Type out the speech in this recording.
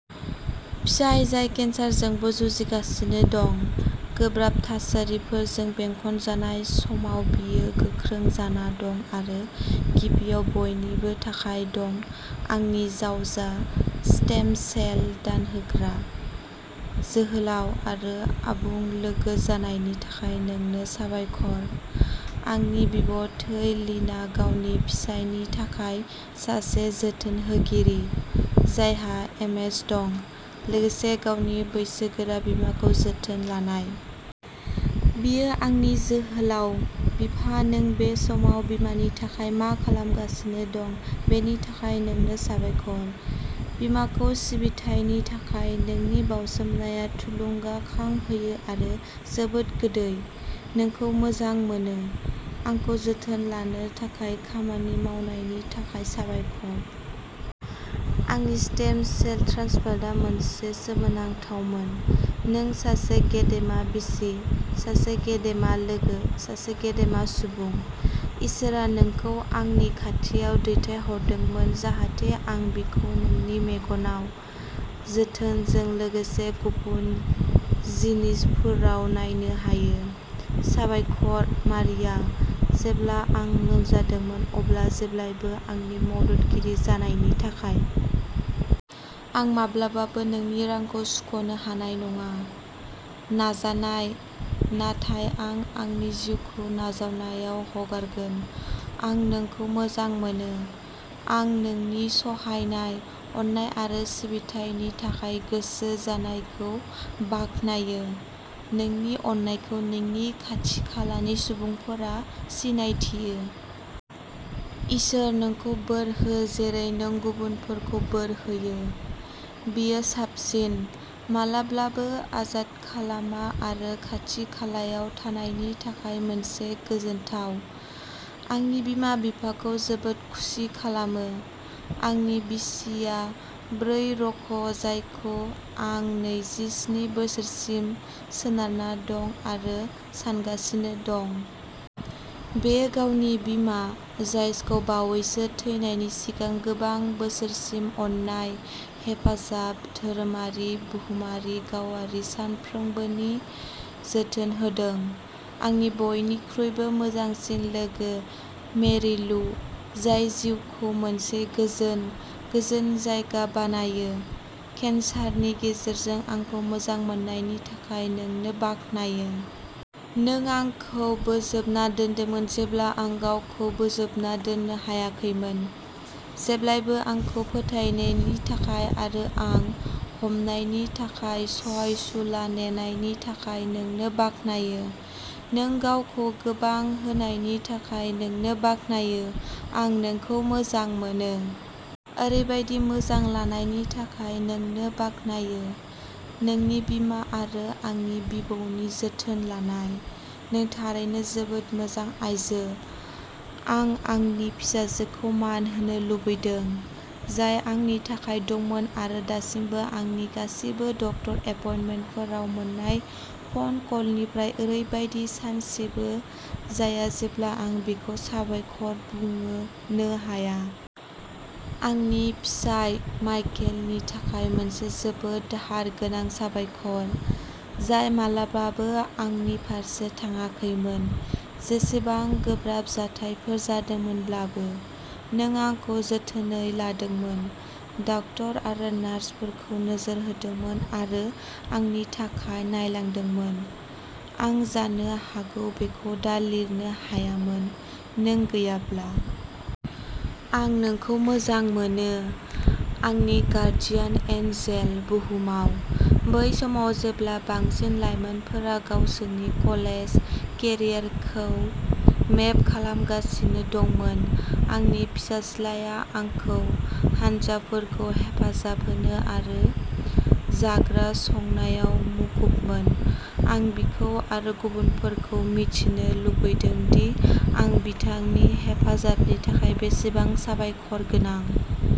फिसाय जाय केन्सारजोंबो जुजिगासिनो दं। गोब्राब थासारिफोरजों बेंखनजानाय समाव बियो गोख्रों जाना दं आरो गिबियाव बयनिबो थाखाय दं! आंनि जावजा, स्टेम सेल दानहोग्रा, जोहोलाव, आरो आबुं लोगो जानायनि थाखाय नोंनो साबायखर। आंनि बिबथै लिनआ गावनि फिसायनि थाखाय सासे जोथोनहोगिरि जायहा एमएस दं लोगोसे गावनि बैसोगोरा बिमाखौ जोथोन लानाय। बियो आंनि जोहोलाव बिफा नों बे समाव बिमानि थाखाय मा खालामगासिनो दं बिनि थाखाय नोंनो साबायखर बिमाखौ सिबिथायनि थाखाय नोंनि बाउसोमनाया थुलुंगाखां होयो आरो जोबोद गोदै। नोंखौ मोजां मोनो। आंखौ जोथोन लानो थाखाय खामानि मावनायनि थाखाय साबायखर। आंनि स्टेम सेल ट्रान्सप्लान्टआ मोनसे सोमोनांथावमोन। नों सासे गेदेमा बिसि सासे गेदेमा लोगो सासे गेदेमा सुबुं। इसोरआ नोंखौ आंनि खाथियाव दैथायहरदोंमोन जाहाथे आं बिखौ नोंनि मेगनाव, जोथोनजों लोगोसे गुबुन जिनिसफोराव नायनो हायो। साबायखर मारिया, जेब्ला आं लोमजादोंमोन अब्ला जेब्लाबो आंनि मददगिरि जानायनि थाखाय। आं माब्लाबाबो नोंनि रांखौ सुख'नो हानाय नङा। नाजानाय, नाथाय आं आंनि जिउखौ नाजावनायाव हगारगोन। आं नोंखौ मोजां मोनो। आं नोंनि सहायनाय, अननाय आरो सिबिथायनि थाखाय गोसो जानायखौ बाख्नायो। नोंनि अननायखौ नोंनि खाथि खालानि सुबुंफोरा सिनायथियो। इसोर नोंखौ बोर हो जेरै नों गुबुनफोरखौ बोर होयो। बियो साबसिन माब्लाबाबो अजद खालामा आरो खाथि खालायाव थानायनि थाखाय मोनसे गोजोनथाव। आंनि बिमा बिफाखौ जोबोद खुसि खालामो। आंनि बिसिआ बै र'क जायखौ आं नैजि स्नि बोसोरसिम सोनारना दं आरो सानगासिनो दं। बियो गावनि बिमा, जायसखौ बावैसो थैनायनि सिगां गोबां बोसोरसिम अननाय, हेफाजाब, धोरोमारि, बुहुमारि गावारि सानफ्रोमबोनि जोथोन होदों। आंनि बयनिख्रुइबो मोजांसिन लोगो मेरि लु, जाय जिउखौ मोनसे गोजोन, गोजोन जायगा बानायो। केन्सारनि गेजेरजों आंखौ मोजां मोननायनि थाखाय नोंनो बाख्नायो। नों आंखौ बोजबना दोनदोंमोन जेब्ला आं गावखौ बोजबना दोननो हायाखैमोन। जेब्लाबो आंखौ फोथायनायनि थाखाय आरो आं हामनायनि थाखाय सहायसुला नेनायनि थाखाय नोंनो बाख्नायो। नों गावखौ गोबां होनायनि थाखाय नोंनो बाख्नायो। आं नोंखौ मोजां मोनो। ओरैबादि मोजां लानायनि थाखाय नोंनो बाख्नायो। नोंनि बिमा आरो आंनि बिबौनि जोथोन लानाय। नों थारैनो जोबोद मोजां आइजो। आं आंनि फिसाजोखौ मान होनो लुबैदों जाय आंनि थाखाय दंमोन आरो दासिमबो आंनि गासिबो डक्टर एपइन्टमेन्टफोराव मोन्नाय फन कलनिफ्राय ओरैबायदि सानसेबो जाया जेब्ला आं बिखौ साबायखर बुंनो हाया। आंनि फिसाय, माइकेलनि थाखाय मोनसे जोबोद दाहार गोनां साबायखर, जाय माब्लाबाबो आंनि फारसे थाङाखैमोन, जेसेबां गोब्राब जाथायफोर जादोंमोनब्लाबो। नों आंखौ जोथोन लादोंमोन, डक्टर आरो नार्सफोरखौ नोजोर होदोंमोन आरो आंनि थाखाय नांलायदोंमोन। आं जानो हागौ बेखौ दा लिरनो हायामोन नों गैयाब्ला। आं नोंखौ मोजां मोनो आंनि गार्जियन एन्जेल, बुहुमाव। बै समाव जेब्ला बांसिन लाइमोनफोरा गावसोरनि कलेज केरियारखौ मेप खालामगासिनो दंमोन। आंनि फिसाज्लाया आंखौ हानजाफोरखौ हेफाजाब होनो आरो जाग्रा संनायाव मुखुबमोन। आं बिखौ आरो गुबुनफोरखौ मिथिनो लुगैदों दि आं बिथांनि हेफाजाबनि थाखाय बेसेबां साबायखर गोनां।